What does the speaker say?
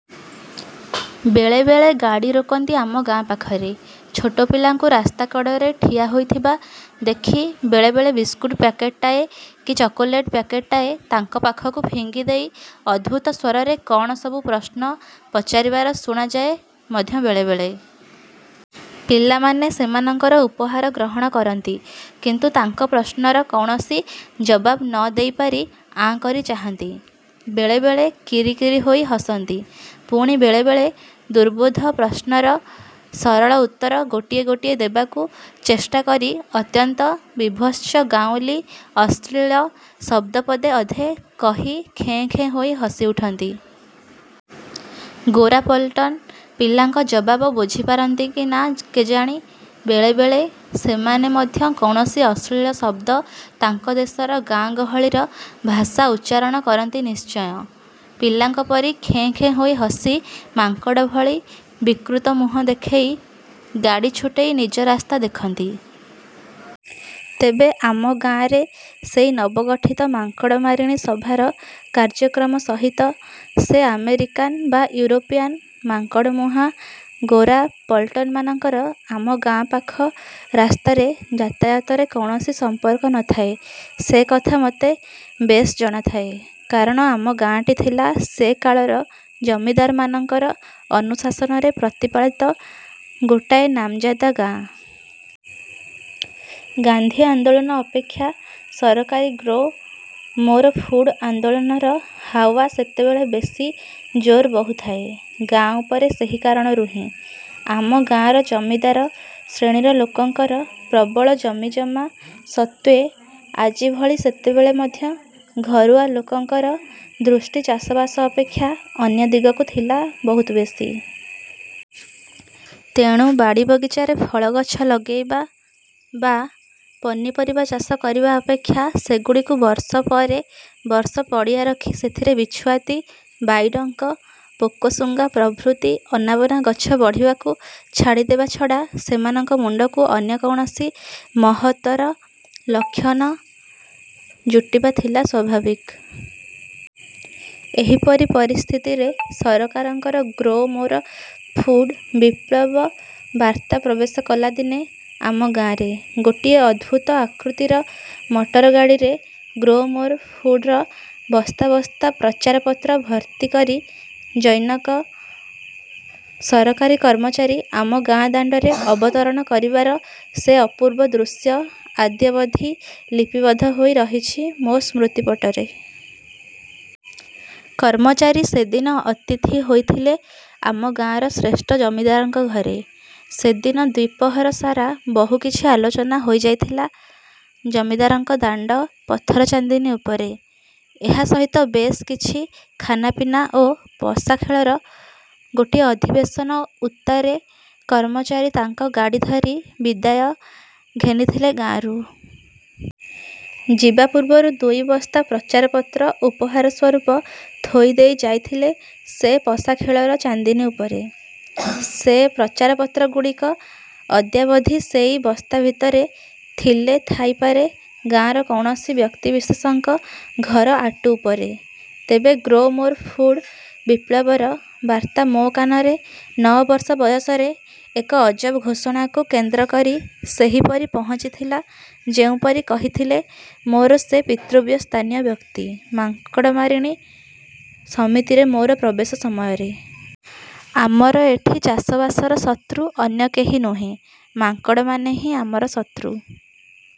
ବେଳେ ବେଳେ ଗାଡ଼ି ରୋକନ୍ତି ଆମ ଗାଁ ପାଖରେ। ଛୋଟ ପିଲାଙ୍କୁ ରାସ୍ତା କଡ଼ରେ ଠିଆ ହୋଇଥିବା ଦେଖି ବେଳେ ବେଳେ ବିସ୍କୁଟ ପ୍ୟାକେଟଟାଏ କି ଚକୋଲେଟ ପ୍ୟାକେଟଟାଏ ତାଙ୍କ ପାଖକୁ ଫିଙ୍ଗିଦେଇ ଅଦ୍ଭୁତ ସ୍ୱରରେ କ'ଣ ସବୁ ପ୍ରଶ୍ନ ପଚାରିବାର ଶୁଣାଯାଏ ମଧ୍ୟ ବେଳେ ବେଳେ। ପିଲାମାନେ ସେମାନଙ୍କର ଉପହାର ଗ୍ରହଣ କରନ୍ତି। କିନ୍ତୁ ତାଙ୍କ ପ୍ରଶ୍ନର କୌଣସି ଜବାବ ନ ଦେଇପାରି ଆଁ କରି ଚାହାନ୍ତି। ବେଳେ ବେଳେ କିରିକିରି ହୋଇ ହସନ୍ତି। ପୁଣି ବେଳେ ବେଳେ ଦୁର୍ବୋଧ୍ୟ ପ୍ରଶ୍ନର ସରଳ ଉତ୍ତର ଗୋଟିଏ ଗୋଟିଏ ଦେବାକୁ ଚେଷ୍ଟା କରି ଅତ୍ୟନ୍ତ ବୀଭତ୍ସ ଗାଉଁଲୀ ଅଶ୍ଳୀଳ ଶବ୍ଦ ପଦେ ଅଧେ କହି ଖେଁ ଖେଁ ହୋଇ ହସିଉଠନ୍ତି। ଗୋରା ପଲଟନ ପିଲାଙ୍କ ଜବାବ ବୁଝିପାରନ୍ତି କି ନା କେଜାଣି। ବେଳେ ବେଳେ ସେମାନେ ମଧ୍ୟ କୌଣସି ଅଶ୍ଳୀଳ ଶବ୍ଦ, ତାଙ୍କ ଦେଶର ଗାଁ ଗହଳିର ଭାଷା ଉଚ୍ଚାରଣ କରନ୍ତି ନିଶ୍ଚୟ। ପିଲାଙ୍କ ପରି ଖେଁ ଖେଁ ହୋଇ ହସି, ମାଙ୍କଡ଼ ଭଳି ବିକୃତ ମୁହଁ ଦେଖେଇ, ଗାଡ଼ି ଛୁଟେଇ ନିଜ ରାସ୍ତା ଦେଖନ୍ତି। ତେବେ ଆମ ଗାଁରେ ସେଇ ନବଗଠିତ ମାଙ୍କଡ଼ମାରିଣୀ ସଭାର କାର୍ଯ୍ୟକ୍ରମ ସହିତ ସେ ଆମେରିକାନ ବା ୟୁରୋପିଆନ ମାଙ୍କଡ଼ମୁହାଁ ଗୋରା ପଲଟନମାନଙ୍କର ଆମ ଗାଁ ପାଖ ରାସ୍ତାରେ ଯାତାୟାତରେ କୌଣସି ସମ୍ପର୍କ ନ ଥାଏ, ସେକଥା ମତେ ବେଶ୍ ଜଣାଥାଏ। କାରଣ ଆମ ଗାଁଟି ଥିଲା ସେ କାଳର ଜମିଦାରମାନଙ୍କର ଅନୁଶାସନରେ ପ୍ରତିପାଳିତ ଗୋଟିଏ ନାମଜାଦା ଗାଁ। ଗାନ୍ଧୀ ଆନ୍ଦୋଳନ ଅପେକ୍ଷା ସରକାରୀ ଗ୍ରୋ ମୋର ଫୁଡ ଆନ୍ଦୋଳନର ହାୱା ସେତେବେଳେ ବେଶି ଜୋର ବହୁଥାଏ ଗାଁ ଉପରେ ସେହି କାରଣରୁ ହିଁ। ଆମ ଗାଁର ଜମିଦାର ଶ୍ରେଣୀର ଲୋକଙ୍କର ପ୍ରବଳ ଜମିଜମା ସତ୍ତ୍ୱେ ଆଜି ଭଳି ସେତେବେଳେ ମଧ୍ୟ ଘରୁଆ ଲୋକଙ୍କର ଦୃଷ୍ଟି ଚାଷବାସ ଅପେକ୍ଷା ଅନ୍ୟ ଦିଗକୁ ଥିଲା ବହୁତ ବେଶି। ତେଣୁ ବାଡ଼ିବଗିଚାରେ ଫଳଗଛ ଲଗେଇବା ବା ପନିପରିବା ଚାଷ କରିବା ଅପେକ୍ଷା ସେଗୁଡ଼ିକୁ ବର୍ଷ ପରେ ବର୍ଷ ପଡ଼ିଆ ରଖି ସେଥିରେ ବିଛୁଆତି, ବାଇଡ଼ଙ୍କ, ପୋକଶୁଙ୍ଗା ପ୍ରଭୃତି ଅନାବନା ଗଛ ବଢ଼ିବାକୁ ଛାଡ଼ିଦେବା ଛଡ଼ା ସେମାନଙ୍କ ମୁଣ୍ଡକୁ ଅନ୍ୟ କୌଣସି ମହତ୍ତର ଲକ୍ଷ୍ୟ ନ ଯୁଟିବା ଥିଲା ସ୍ୱାଭାବିକ। ଏହିପରି ପରିସ୍ଥିତିରେ ସରକାରଙ୍କର 'ଗ୍ରୋ ମୋର ଫୁଡ' ବିପ୍ଳବ ବାର୍ତ୍ତା ପ୍ରବେଶ କଲା ଦିନେ ଆମ ଗାଁରେ। ଗୋଟିଏ ଅଦ୍ଭୁତ ଆକୃତିର ମଟରଗାଡ଼ିରେ 'ଗ୍ରୋ ମୋର ଫୁଡ'ର ବସ୍ତା ବସ୍ତା ପ୍ରଚାରପତ୍ର ଭର୍ତ୍ତି କରି ଜନୈକ ସରକାରୀ କର୍ମଚାରୀ ଆମ ଗାଁ ଦାଣ୍ଡରେ ଅବତରଣ କରିବାର ସେ ଅପୂର୍ବ ଦୃଶ୍ୟ ଅଦ୍ୟାବଧି ଲିପିବଦ୍ଧ ହୋଇ ରହିଛି ମୋ ସ୍ମୃତିପଟରେ। କର୍ମଚାରୀ ସେଦିନ ଅତିଥି ହୋଇଥିଲେ ଆମ ଗାଁର ଶ୍ରେଷ୍ଠ ଜମିଦାରଙ୍କ ଘରେ। ସେଦିନ ଦ୍ୱିପ୍ରହର ସାରା ବହୁ କିଛି ଆଲୋଚନା ହୋଇଯାଇଥିଲା ଜମିଦାରଙ୍କ ଦାଣ୍ଡ ପଥରଚାନ୍ଦିନୀ ଉପରେ। ଏହା ସହିତ ବେଶ୍ କିଛି ଖାନାପିନା ଓ ପଶାଖେଳର ଗୋଟିଏ ଅଧିବେଶନ ଉତ୍ତାରେ କର୍ମଚାରୀ ତାଙ୍କ ଗାଡ଼ି ଧରି ବିଦାୟ ଘେନିଥିଲେ ଗାଁରୁ। ଯିବା ପୂର୍ବରୁ ଦୁଇ ବସ୍ତା ପ୍ରଚାରପତ୍ର ଉପହାର ସ୍ୱରୂପ ଥୋଇଦେଇ ଯାଇଥିଲେ ସେ ପଶାଖେଳର ଚାନ୍ଦିନୀ ଉପରେ। ସେ ପ୍ରଚାରପତ୍ରଗୁଡ଼ିକ ଅଦ୍ୟାବଧି ସେଇ ବସ୍ତା ଭିତରେ ଥିଲେ ଥାଇପାରେ ଗାଁର କୌଣସି ବ୍ୟକ୍ତିବିଶେଷଙ୍କ ଘର ଆଟୁ ଉପରେ। ତେବେ 'ଗ୍ରୋ ମୋର ଫୁଡ' ବିପ୍ଳବର ବାର୍ତ୍ତା ମୋ କାନରେ, ନଅ ବର୍ଷ ବୟସରେ, ଏକ ଅଜବ ଘୋଷଣାକୁ କେନ୍ଦ୍ର କରି ସେହିପରି ପହଞ୍ଚିଥିଲା ଯେଉଁପରି କହିଥିଲେ ମୋର ସେ ପିତୃବ୍ୟ ସ୍ଥାନୀୟ ବ୍ୟକ୍ତି, ମାଙ୍କଡ଼ମାରିଣୀ ସମିତିରେ ମୋର ପ୍ରବେଶ ସମୟରେ। ଆମର ଏଠି ଚାଷବାସର ଶତ୍ରୁ ଅନ୍ୟ କେହି ନୁହେଁ, ମାଙ୍କଡ଼ମାନେ ହିଁ ଆମର ଶତ୍ରୁ।